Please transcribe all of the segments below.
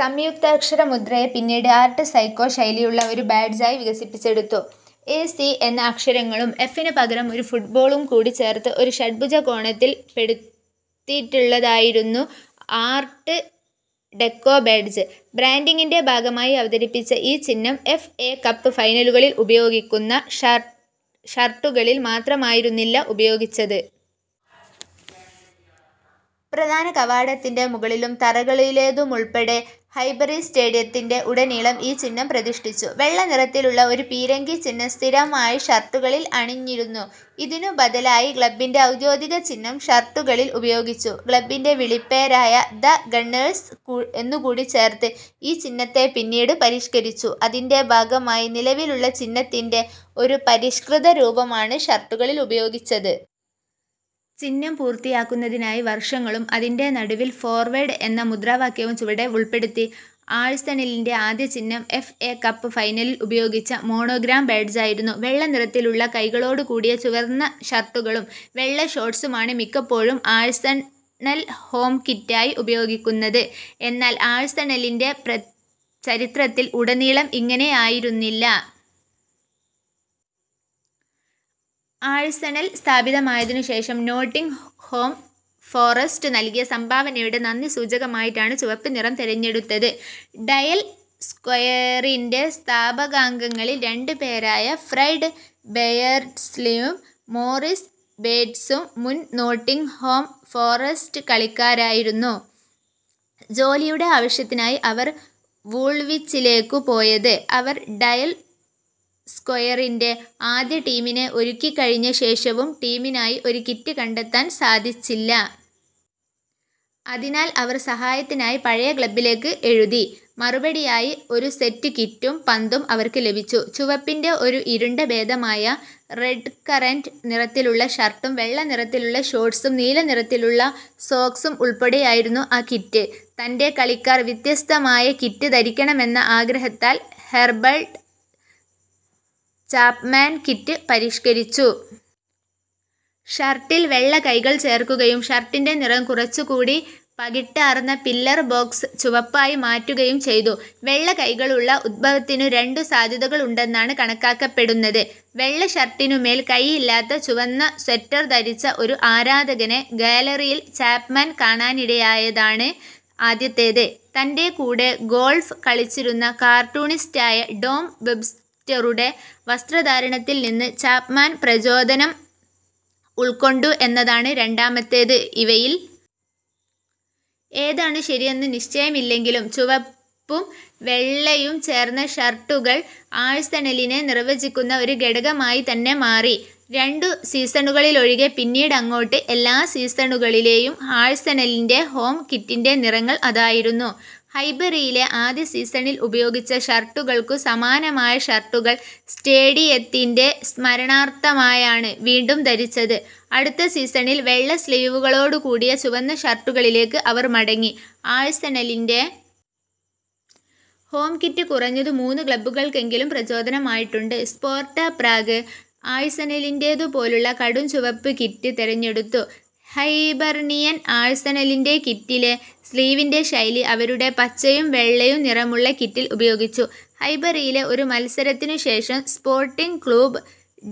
സംയുക്താക്ഷരമുദ്രയെ പിന്നീട് art psycho ശൈലിയിലുള്ള ഒരു ബാഡ്ജായി വികസിപ്പിച്ചെടുത്തു. എ, സി എന്നീ അക്ഷരങ്ങളും എഫിന് പകരമായി ഒരു ഫുട്ബോളും കൂടി ചേർത്ത് ഒരു ഷഡ്ഭുജകോണത്തിൽ പെടു ത്തിയിട്ടുള്ളതായിരുന്നു ആർട്ട് ഡെക്കോ ബാഡ്ജ്. ബ്രാൻഡിങ്ങിൻ്റെഭാഗമായി അവതരിപ്പിച്ച ഈ ചിഹ്നം എഫ്. എ. കപ്പ് ഫൈനലുകളിൽ ഉപയോഗിക്കുന്ന ഷർട്ടുകളിൽ മാത്രമായിരുന്നില്ല ഉപയോഗിച്ചത്. പ്രധാനകവാടത്തിൻ്റെമുകളിലും തറകളിലേതുമുൾപ്പെടെ ഹൈബറി സ്റ്റേഡിയത്തിന്റെ ഉടനീളം ഈ ചിഹ്നം പ്രതിഷ്ഠിച്ചു. വെള്ളനിറത്തിലുള്ള ഒരു പീരങ്കിച്ചിഹ്നം സ്ഥിരമായി ഷർട്ടുകളിൽ അണിഞ്ഞിരുന്നു. ഇതിനു ബദലായി ക്ലബ്ബിൻ്റെഔദ്യോഗിക ചിഹ്നം ഷർട്ടുകളിൽ ഉപയോഗിച്ചു. ക്ലബ്ബിൻ്റെവിളിപ്പേരായ ദ ഗണ്ണേഴ്സ് എന്നുകൂടി ചേർത്ത് ഈ ചിഹ്നത്തെ പിന്നീട് പരിഷ്കരിച്ചു. അതിൻ്റെഭാഗമായി നിലവിലുള്ള ചിഹ്നത്തിൻ്റെ ഒരു പരിഷ്കൃതരൂപമാണ് ഷർട്ടുകളിൽ ഉപയോഗിച്ചത്. ചിഹ്നം പൂർത്തിയാക്കുന്നതിനായി വർഷങ്ങളും അതിൻ്റെ നടുവിൽ ഫോർവേഡ് എന്ന മുദ്രാവാക്യവും ചുവടെ ഉൾപ്പെടുത്തി. ആഴ്സണലിൻ്റെ ആദ്യ ചിഹ്നം എഫ്. എ. കപ്പ് ഫൈനലിൽ ഉപയോഗിച്ച മോണോഗ്രാം ബാഡ്ജായിരുന്നു. വെള്ളനിറത്തിലുള്ള കൈകളോടുകൂടിയ ചുവന്ന ഷർട്ടുകളും വെള്ള ഷോർട്ട്സുമാണ് മിക്കപ്പോഴും ആഴ്സണൽ ഹോം കിറ്റായി ഉപയോഗിക്കുന്നത്. എന്നാൽ ആഴ്സണലിൻ്റെ ചരിത്രത്തിൽ ഉടനീളം ഇങ്ങനെയായിരുന്നില്ല. ആഴ്സണൽ സ്ഥാപിതമായതിനുശേഷം നോട്ടിങ്ഹാം ഫോറസ്റ്റ് നൽകിയ സംഭാവനയുടെ നന്ദിസൂചകമായിട്ടാണ് ചുവപ്പുനിറം തിരഞ്ഞെടുത്തത്. ഡയൽ സ്ക്വയറിൻ്റെസ്ഥാപകാംഗങ്ങളിൽ രണ്ടുപേരായ ഫ്രെഡ് ബെയേർഡ്സ്ലിയും മോറിസ് ബേറ്റ്സും മുൻ നോട്ടിങ്ഹാം ഫോറസ്റ്റ് കളിക്കാരായിരുന്നു. ജോലിയുടെ ആവശ്യത്തിനായാണ് അവർ വൂൾവിച്ചിലേക്കു പോയത്. അവർ ഡയൽ സ്ക്വയറിൻ്റെആദ്യ ടീമിനെ ഒരുക്കിക്കഴിഞ്ഞ ശേഷവും ടീമിനായി ഒരു കിറ്റ് കണ്ടെത്താൻ സാധിച്ചില്ല. അതിനാൽ അവർ സഹായത്തിനായി പഴയ ക്ലബ്ബിലേക്ക് എഴുതി. മറുപടിയായി ഒരു സെറ്റ് കിറ്റും പന്തും അവർക്ക് ലഭിച്ചു. ചുവപ്പിൻ്റെഒരു ഇരുണ്ട ഭേദമായ റെഡ്കറന്റ് നിറത്തിലുള്ള ഷർട്ടും വെള്ളനിറത്തിലുള്ള ഷോർട്ട്സും നീലനിറത്തിലുള്ള സോക്സും ഉൾപ്പെട്ടതായിരുന്നു ആ കിറ്റ്. തൻ്റെ കളിക്കാർ വ്യത്യസ്തമായ കിറ്റ് ധരിക്കണമെന്ന ആഗ്രഹത്താൽ ഹെർബർട്ട് ചാപ്മാൻ കിറ്റ് പരിഷ്കരിച്ചു. ഷർട്ടിൽ വെള്ള കൈകൾ ചേർക്കുകയും ഷർട്ടിൻ്റെനിറം കുറച്ചുകൂടി പകിട്ടാർന്ന പില്ലർ ബോക്സ് ചുവപ്പായി മാറ്റുകയും ചെയ്തു. വെള്ള കൈകളുടെ ഉത്ഭവത്തിന് രണ്ടു സാധ്യതകളുണ്ടെന്നാണ് കണക്കാക്കപ്പെടുന്നത്. വെള്ള ഷർട്ടിനുമേൽ കൈയില്ലാത്ത ചുവന്ന സ്വെറ്റർ ധരിച്ച ഒരു ആരാധകനെ ഗാലറിയിൽ ചാപ്മാൻ കാണാനിടയായതാണ് ആദ്യത്തേത്. തൻ്റെകൂടെ ഗോൾഫ് കളിച്ചിരുന്ന കാർട്ടൂണിസ്റ്റായ ടോം വെബ്സ്റ്ററുടെ വസ്ത്രധാരണത്തിൽനിന്ന് ചാപ്മാൻ പ്രചോദനം ഉൾക്കൊണ്ടു എന്നതാണ് രണ്ടാമത്തേത്. ഇവയിൽ ഏതാണു ശരിയെന്നു നിശ്ചയമില്ലെങ്കിലും ചുവപ്പും വെള്ളയും ചേർന്ന ഷർട്ടുകൾ ആഴ്സണലിനെ നിർവചിക്കുന്ന ഒരു ഘടകമായിത്തന്നെ മാറി. രണ്ടു സീസണുകളിലൊഴികെ പിന്നീടങ്ങോട്ട് എല്ലാ സീസണുകളിലെയും ആഴ്സണലിൻ്റെ ഹോം കിറ്റിൻ്റെനിറങ്ങൾ അതായിരുന്നു. ഹൈബറിയിലെ ആദ്യ സീസണിൽ ഉപയോഗിച്ച ഷർട്ടുകൾക്കു സമാനമായ ഷർട്ടുകൾ സ്റ്റേഡിയത്തിൻ്റെ സ്മരണാർത്ഥമായാണ് വീണ്ടും ധരിച്ചത്. അടുത്ത സീസണിൽ വെള്ള സ്ലീവുകളോടുകൂടിയ ചുവന്ന ഷർട്ടുകളിലേക്ക് അവർ മടങ്ങി. ആഴ്സണലിൻ്റെ ഹോം കിറ്റ് കുറഞ്ഞത് മൂന്നു ക്ലബ്ബുകൾക്കെങ്കിലും പ്രചോദനമായിട്ടുണ്ട്. സ്പാർട്ട പ്രാഗ് ആഴ്സണലിന്റേതുപോലുള്ള കടുംചുവപ്പ് കിറ്റ് തിരഞ്ഞെടുത്തു. ഹൈബർണിയൻ ആഴ്സണലിൻ്റെ കിറ്റിലെ സ്ലീവിൻ്റെശൈലി അവരുടെ പച്ചയും വെള്ളയും നിറങ്ങളുള്ള കിറ്റിൽ ഉപയോഗിച്ചു. ഹൈബറിയിലെ ഒരു മത്സരത്തിനുശേഷം സ്പോർട്ടിങ് ക്ലൂബ്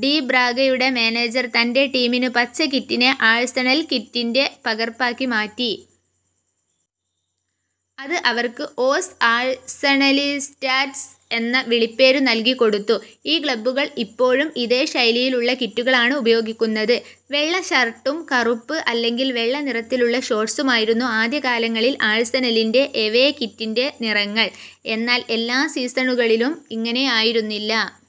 ഡി ബ്രാഗയുടെ മാനേജർ തൻ്റെടീമിൻ്റെ പച്ച കിറ്റിനെ ആഴ്സണൽ കിറ്റിൻ്റെ പകർപ്പാക്കി മാറ്റി. ഇത് അവർക്ക് ഓസ് ആഴ്സണലിസ്റ്റാസ് എന്ന വിളിപ്പേരു നൽകിക്കൊടുത്തു. ഈ ക്ലബ്ബുകൾ ഇപ്പോഴും ഇതേ ശൈലിയിലുള്ള കിറ്റുകളാണ് ഉപയോഗിക്കുന്നത്. വെള്ള ഷർട്ടും കറുപ്പ് അല്ലെങ്കിൽ വെള്ള നിറത്തിലുള്ള ഷോർട്ട്സുമായിരുന്നു ആദ്യകാലങ്ങളിൽ ആഴ്സണലിൻ്റെ എവേ കിറ്റിൻ്റെനിറങ്ങൾ. എന്നാൽ എല്ലാ സീസണുകളിലും ഇങ്ങനെയായിരുന്നില്ല.